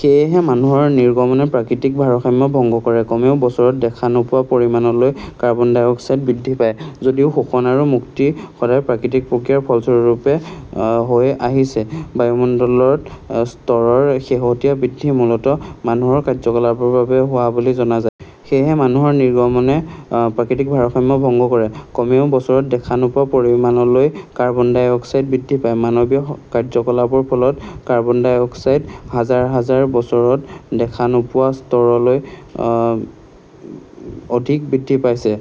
সেয়েহে মানুহৰ নিৰ্গমনে প্ৰাকৃতিক ভাৰসাম্য ভংগ কৰে, কমেও বছৰত দেখা নোপোৱা পৰিমাণলৈ কাৰ্বন ডাই অক্সাইড বৃদ্ধি পায়। যদিও শোষণ আৰু মুক্তি সদায় প্ৰাকৃতিক প্ৰক্ৰিয়াৰ ফলস্বৰূপে হৈ আহিছে, বায়ুমণ্ডলত স্তৰৰ শেহতীয়া বৃদ্ধি মূলতঃ মানুহৰ কাৰ্যকলাপৰ বাবে হোৱা বুলি জনা যায়। সেয়েহে মানুহৰ নিৰ্গমনে প্ৰাকৃতিক ভাৰসাম্য ভংগ কৰে, কমেও বছৰত দেখা নোপোৱা পৰিমাণলৈ কাৰ্বন ডাই অক্সাইড বৃদ্ধি পায়। মানৱীয় কাৰ্যকলাপৰ ফলত কাৰ্বন ডাই অক্সাইড হাজাৰ হাজাৰ বছৰত দেখা নোপোৱা স্তৰতকৈ অধিক বৃদ্ধি পাইছে।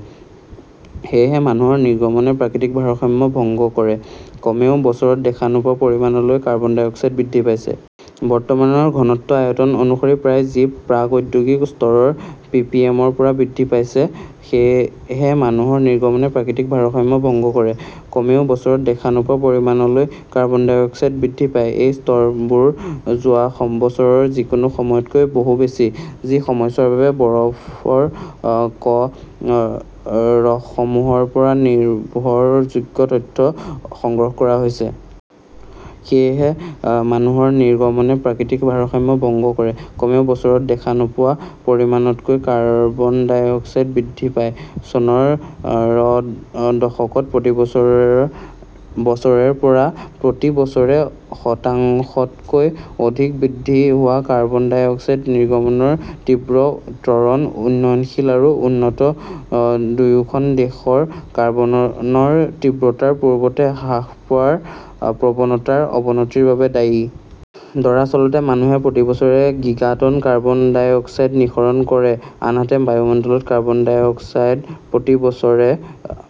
সেয়েহে মানুহৰ নিৰ্গমনে প্ৰাকৃতিক ভাৰসাম্য ভংগ কৰে, কমেও বছৰত দেখা নোপোৱা পৰিমাণলৈ কাৰ্বন ডাই অক্সাইড বৃদ্ধি পায়। বৰ্তমানৰ ঘনত্ব আয়তন অনুসৰি প্ৰায়, যি প্ৰাক-ঔদ্যোগিক স্তৰৰ পিপিএমৰ পৰা বৃদ্ধি পাইছে। সেয়েহে মানুহৰ নিৰ্গমনে প্ৰাকৃতিক ভাৰসাম্য ভংগ কৰে, কমেও বছৰত দেখা নোপোৱা পৰিমাণলৈ কাৰ্বন ডাই অক্সাইড বৃদ্ধি পায়। এই স্তৰবোৰ যোৱা বছৰৰ যিকোনো সময়তকৈ বহু বেছি, যি সময়ছোৱাৰ বাবে বৰফৰ ক "ৰসমূহৰ পৰা নিৰ্ভৰযোগ্য তথ্য সংগ্ৰহ কৰা হৈছে। সেয়েহে মানুহৰ নিৰ্গমনে প্ৰাকৃতিক ভাৰসাম্য ভংগ কৰে, কমেও বছৰত দেখা নোপোৱা পৰিমাণলৈ কাৰ্বন ডাই অক্সাইড বৃদ্ধি পায়। চনৰ পৰা -ৰ দশকত প্ৰতি বছৰে ৰ পৰা প্ৰতি বছৰে শতাংশতকৈ অধিক বৃদ্ধি হোৱা কাৰ্বন ডাই অক্সাইড নিৰ্গমনৰ তীব্ৰ ত্বৰণ উন্নয়নশীল আৰু উন্নত দুয়োখন দেশৰ কাৰ্বনৰ তীব্ৰতাৰ পূৰ্বতে হ্ৰাস পোৱা প্ৰৱণতাৰ অৱনতিৰ বাবে দায়ী। দৰাচলতে, মানুহে প্ৰতি বছৰে গিগাটন কাৰ্বন ডাই অক্সাইড নিঃসৰণ কৰে আনহাতে বায়ুমণ্ডলত কাৰ্বন ডাই অক্সাইড প্ৰতি বছৰে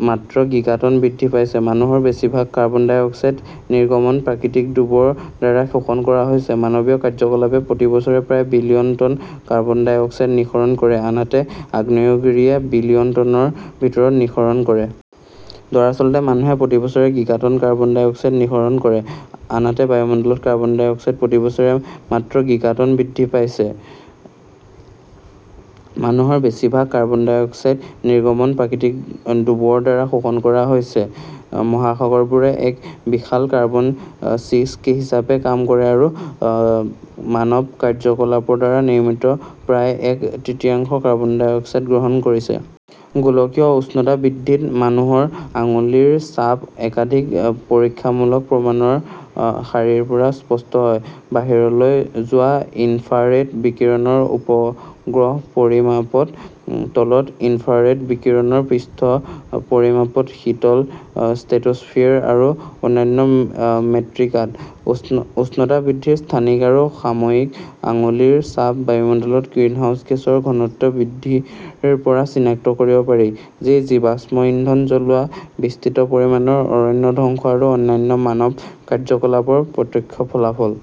মাত্ৰ গিগাটন বৃদ্ধি পাইছে-মানুহৰ বেছিভাগ কাৰ্বন ডাই অক্সাইড নিৰ্গমন প্ৰাকৃতিক ডুবৰ দ্বাৰা শোষণ কৰা হৈছে। মানৱীয় কাৰ্যকলাপে প্ৰতি বছৰে প্ৰায় billion ton carbon dioxide নিঃসৰণ কৰে, আনহাতে আগ্নেয়গিৰিয়ে বিলিয়ন টনৰ ভিতৰত নিঃসৰণ কৰে। দৰাচলতে, মানুহে প্ৰতি বছৰে গিগাটন কাৰ্বন ডাই অক্সাইড নিঃসৰণ কৰে আনহাতে বায়ুমণ্ডলত কাৰ্বন ডাই অক্সাইড প্ৰতি বছৰে মাত্ৰ গিগাটন বৃদ্ধি পাইছে-মানুহৰ বেছিভাগ কাৰ্বন ডাই অক্সাইড নিৰ্গমন প্ৰাকৃতিক ডুবৰ দ্বাৰা শোষণ কৰা হৈছে। মহাসাগৰবোৰে এক বিশাল কাৰ্বন ছিঙ্ক হিচাপে কাম কৰে, আৰু মানৱ কাৰ্য্যকলাপৰ দ্বাৰা নিৰ্মিত প্ৰায় এক তৃতীয়াংশ কাৰ্বন ডাই অক্সাইড গ্ৰহণ কৰিছে। গোলকীয় উষ্ণতা বৃদ্ধিত মানুহৰ আঙুলিৰ ছাপ একাধিক পৰীক্ষামূলক প্ৰমাণৰ শাৰীৰ পৰা স্পষ্ট হয়-বাহিৰলৈ যোৱা ইনফ্ৰাৰেড বিকিৰণৰ উপগ্ৰহ পৰিমাপত, তলৰ ইনফ্ৰাৰেড বিকিৰণৰ পৃষ্ঠ পৰিমাপত, শীতল ষ্ট্ৰেটোস্ফিয়াৰ আৰু অন্যান্য মেট্ৰিকাত। উষ্ণতা বৃদ্ধিৰ স্থানিক আৰু সাময়িক আঙুলিৰ ছাপ বায়ুমণ্ডলত গ্ৰীণহাউচ গেছৰ ঘনত্ব বৃদ্ধিৰ পৰা চিনাক্ত কৰিব পাৰি, যি জীৱাশ্ম ইন্ধন জ্বলোৱা, বিস্তৃত পৰিমাণৰ অৰণ্য ধ্বংস আৰু অন্যান্য মানৱ কাৰ্যকলাপৰ প্ৰত্যক্ষ ফলাফল।